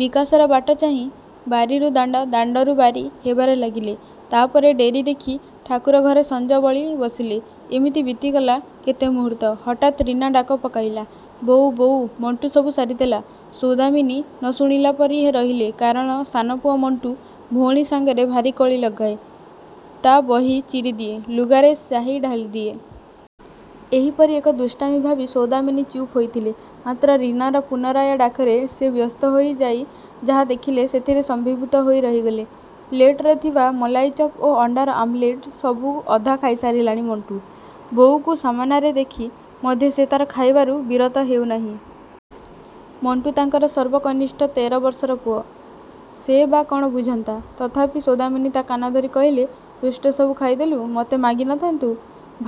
ବିକାଶର ବାଟଚାହିଁ ବାରିରୁ ଦାଣ୍ଡ, ଦାଣ୍ଡରୁ ବାରି ହେବାରେ ଲାଗିଲେ। ତାପରେ ଡେରି ଦେଖି ଠାକୁରଘରେ ସଞ୍ଜ ବଳି ବସିଲେ। ଏମିତି ବିତିଗଲା କେତେ ମୁହୂର୍ତ୍ତ। ହଠାତ୍ ରୀନା ଡାକ ପକାଇଲା ବୋଉ, ବୋଉ, ମଣ୍ଟୁ ସବୁ ସାରିଦେଲା। ସୌଦାମିନୀ ନ ଶୁଣିଲା ପରି ରହିଲେ କାରଣ ସାନ ପୁଅ ମଣ୍ଟୁ ଭଉଣୀ ସାଙ୍ଗରେ ଭାରି କଳି ଲଗାଏ, ତା ବହି ଚିରିଦିଏ, ଲୁଗାରେ ସ୍ୟାହି ଢାଳିଦିଏ। ଏହିପରି ଏକ ଦୁଷ୍ଟାମି ଭାବି ସୌଦାମିନୀ ଚୁପ୍ ହୋଇଥିଲେ। ମାତ୍ର ରିନାର ପୁନରାୟ ଡାକରେ ସେ ବ୍ୟସ୍ତହୋଇ ଯାଇ ଯାହା ଦେଖିଲେ ସେଥିରେ ସ୍ତମ୍ଭୀଭୂତ ହୋଇ ରହିଗଲେ। ପ୍ଲେଟରେ ଥିବା ମଲାଇଚପ୍ ଓ ଅଣ୍ଡାର ଆମଲେଟ ସବୁ ଅଧା ଖାଇସାରିଲାଣି ମଣ୍ଟୁ। ବୋଉକୁ ସାମନାରେ ଦେଖି ମଧ୍ୟ ସେ ତାର ଖାଇବାରୁ ବିରତ ହେଉନାହିଁ। ମଣ୍ଟୁ ତାଙ୍କର ସର୍ବ କନିଷ୍ଠ ତେର ବର୍ଷର ପୁଅ। ସେ ବା କଣ ବୁଝନ୍ତା। ତଥାପି ସୌଦାମିନୀ ତା କାନଧରି କହିଲେ ଦୁଷ୍ଟ ସବୁ ଖାଇଦେଲୁ, ମୋତେ ମାଗି ନ ଥାନ୍ତୁ?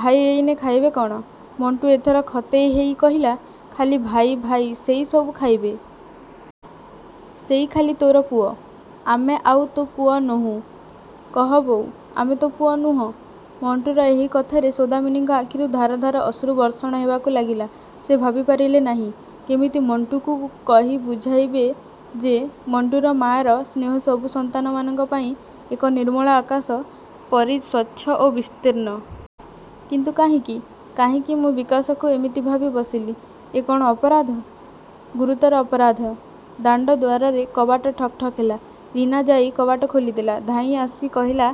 ଭାଇ ଏଇନେ ଖାଇବେ କଣ? ମଣ୍ଟୁ ଏଥର ଖତେଇ ହେଇ କହିଲା, ଖାଲି ଭାଇ, ଭାଇ ସେଇ ସବୁ ଖାଇବେ। ସେଇ ଖାଲି ତୋର ପୁଅ। ଆମେ ଆଉ ତୋ ପୁଅ ନୋହୁଁ? କହ ବୋଉ, ଆମେ ତୋ ପୁଅ ନୁହଁ? ମଣ୍ଟୁର ଏହି କଥାରେ ସୌଦାମିନୀଙ୍କ ଆଖିରୁ ଧାର ଧାର ଅଶ୍ରୁ ବର୍ଷଣ ହେବାକୁ ଲାଗିଲା ସେ ଭାବିପାରିଲେ ନାହିଁ, କେମିତି ମଣ୍ଟୁକୁ କହି ବୁଝାଇବେ ଯେ ମଣ୍ଟୁର ମାଆର ସ୍ନେହ ସବୁ ସନ୍ତାନମାନଙ୍କ ପାଇଁ ଏକ ନିର୍ମଳ ଆକାଶ ପରି ସ୍ୱଚ୍ଛ ଓ ବିସ୍ତୀର୍ଣ୍ଣ। କିନ୍ତୁ କାହିଁକି? କାହିଁକି ମୁଁ ବିକାଶକୁ ଏମିତି ଭାବି ବସିଲି। ଏ କଣ ଅପରାଧ? ଗୁରୁତର ଅପରାଧ? ଦାଣ୍ଡ ଦ୍ୱାରରେ କବାଟ ଠକ୍ ଠକ୍ ହେଲା। ରୀନା ଯାଇ କବାଟ ଖୋଲିଦେଲା। ଧାଇଁଆସି କହିଲା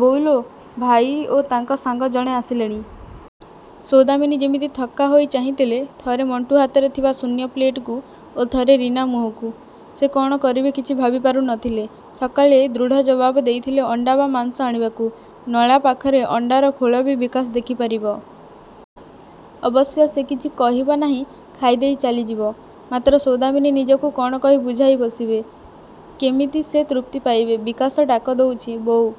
ବୋଉ ଲୋ, ଭାଇ ଓ ତାଙ୍କ ସାଙ୍ଗ ଜଣେ ଆସିଲେଣି। ସୌଦାମିନୀ ସେମିତି ଥକ୍କା ହୋଇ ଚାହିଁଥିଲେ ଥରେ ମଣ୍ଟୁ ହାତରେ ଥିବା ଶୂନ୍ୟ ପ୍ଲେଟକୁ ଓ ଥରେ ରୀନା ମୁହଁକୁ। ସେ କଣ କରିବେ କିଛି ଭାବିପାରୁ ନ ଥିଲେ। ସକାଳେ ଦୃଢ଼ ଜବାବ ଦେଇଥିଲେ ଅଣ୍ଡା ବା ମାଂସ ଆଣିବାକୁ। ନଳା ପାଖରେ ଅଣ୍ଡାର ଖୋଳ ବି ବିକାଶ ଦେଖିପାରିବ। ଅବଶ୍ୟ ସେ କିଛି କହିବ ନାହିଁ ଖାଇଦେଇ ଚାଲିଯିବ, ମାତ୍ର ସୌଦାମିନୀ ନିଜକୁ କଣ କହି ବୁଝାଇ ବସିବେ? କେମିତି ସେ ତୃପ୍ତି ପାଇବେ? ବିକାଶ ଡାକ ଦଉଚି ବୋଉ,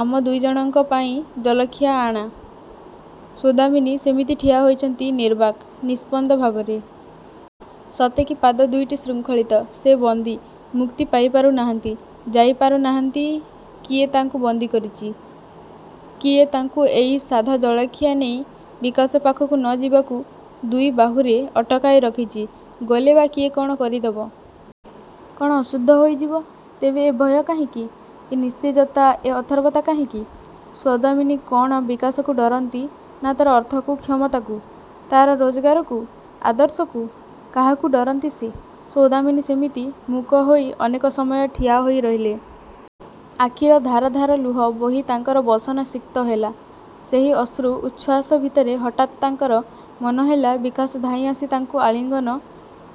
ଆମ ଦୁଇ ଜଣଙ୍କ ପାଇଁ ଜଳଖିଆ ଆଣ। ସୌଦାମିନୀ ସେମିତି ଠିଆ ହୋଇଛନ୍ତି ନିର୍ବାକ୍, ନିସ୍ପନ୍ଦ ଭାବରେ। ସତେ କି ପାଦ ଦୁଇଟି ଶୃଙ୍ଖଳିତ। ସେ ବନ୍ଦୀ। ମୁକ୍ତି ପାଇପାରୁ ନାହାନ୍ତି, ଯାଇପାରୁନାହାନ୍ତି କିଏ ତାଙ୍କୁ ବନ୍ଦୀ କରିଚି? କିଏ ତାଙ୍କୁ ଏଇ ସାଧା ଜଳଖିଆ ନେଇ ବିକାଶ ପାଖକୁ ନ ଯିବାକୁ ଦୁଇ ବାହୁରେ ଅଟକାଇ ରଖିଚି? ଗଲେ ବା କିଏ କଣ କରିଦେବ? କଣ ଅଶୁଦ୍ଧ ହୋଇଯିବ? ତେବେ ଏ ଭୟ କାହିଁକି? ଏ ନିସ୍ତେଜତା, ଏ ଅଥର୍ବତା କାହିଁକି? ସୌଦାମିନୀ କଣ ବିକାଶକୁ ଡରନ୍ତି ନା ତାର ଅର୍ଥକୁ, କ୍ଷମତାକୁ? ତାର ରୋଜଗାରକୁ? ଆଦର୍ଶକୁ? କାହାକୁ ଡରନ୍ତି ସେ? ସୌଦାମିନୀ ସେମିତି ମୂକ ହୋଇ ଅନେକ ସମୟ ଠିଆ ହୋଇ ରହିଲେ। ଆଖିର ଧାର ଧାର ଲୁହ ବୋହି ତାଙ୍କର ବସନ ସିକ୍ତ ହେଲା। ସେହି ଅଶ୍ରୁ ଉଚ୍ଛ୍ୱାସ ଭିତରେ ହଠାତ୍ ତାଙ୍କର ମନେହେଲା ବିକାଶ ଧାଇଁଆସି ତାଙ୍କୁ ଆଲିଙ୍ଗନ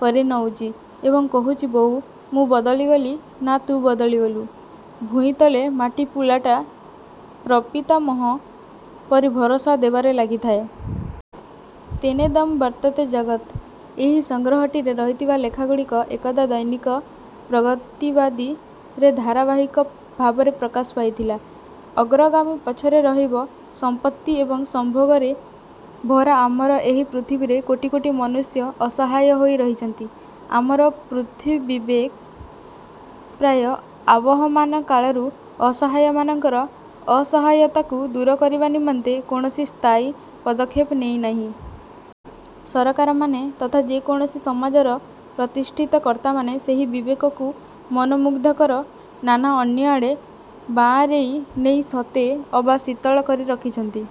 କରିନଉଚି ଏବଂ କହୁଛି ବୋଉ, ମୁଁ ବଦଳିଗଲି ନା ତୁ ବଦଳି ଗଲୁ? ଭୂଇଁତଳେ ମାଟି ପୁଳାଟା ପ୍ରପିତାମହ ପରି ଭରସା ଦେବାରେ ଲାଗିଥାଏ। ତେନେଦଂ ବର୍ତ୍ତତେ ଜଗତ୍। ଏହି ସଂଗ୍ରହଟିରେ ରହିଥିବା ଲେଖାଗୁଡ଼ିକ ଏକଦା ଦୈନିକ ପ୍ରଗତିବାଦୀ ରେ ଧାରାବାହିକ ଭାବରେ ପ୍ରକାଶ ପାଇଥିଲା। ଅଗ୍ରଗାମୀ ପଛରେ ରହିବ ସମ୍ପତ୍ତି ଏବଂ ସମ୍ଭୋଗରେ ଭରା ଆମର ଏହି ପୃଥିବୀରେ କୋଟି କୋଟି ମନୁଷ୍ୟ ଅସହାୟ ହୋଇ ରହିଛନ୍ତି। ଆମର ପୃଥ୍ୱୀବିବେକ ପ୍ରାୟ ଆବହମାନ କାଳରୁ ଅସହାୟମାନଙ୍କର ଅସହାୟତାକୁ ଦୂର କରିବା ନିମନ୍ତେ କୌଣସି ସ୍ଥାୟୀ ପଦକ୍ଷେପ ନେଇନାହିଁ। ସରକାରମାନେ ତଥା ଯେକୌଣସି ସମାଜର ପ୍ରତିଷ୍ଠିତ କର୍ତ୍ତାମାନେ ସେହି ବିବେକକୁ ମନୋମୁଗ୍ଧକର ନାନା ଅନ୍ୟଆଡ଼େ ବାଆଁରେଇ ନେଇ ସତେ ଅବା ଶୀତଳ କରି ରଖିଛନ୍ତି।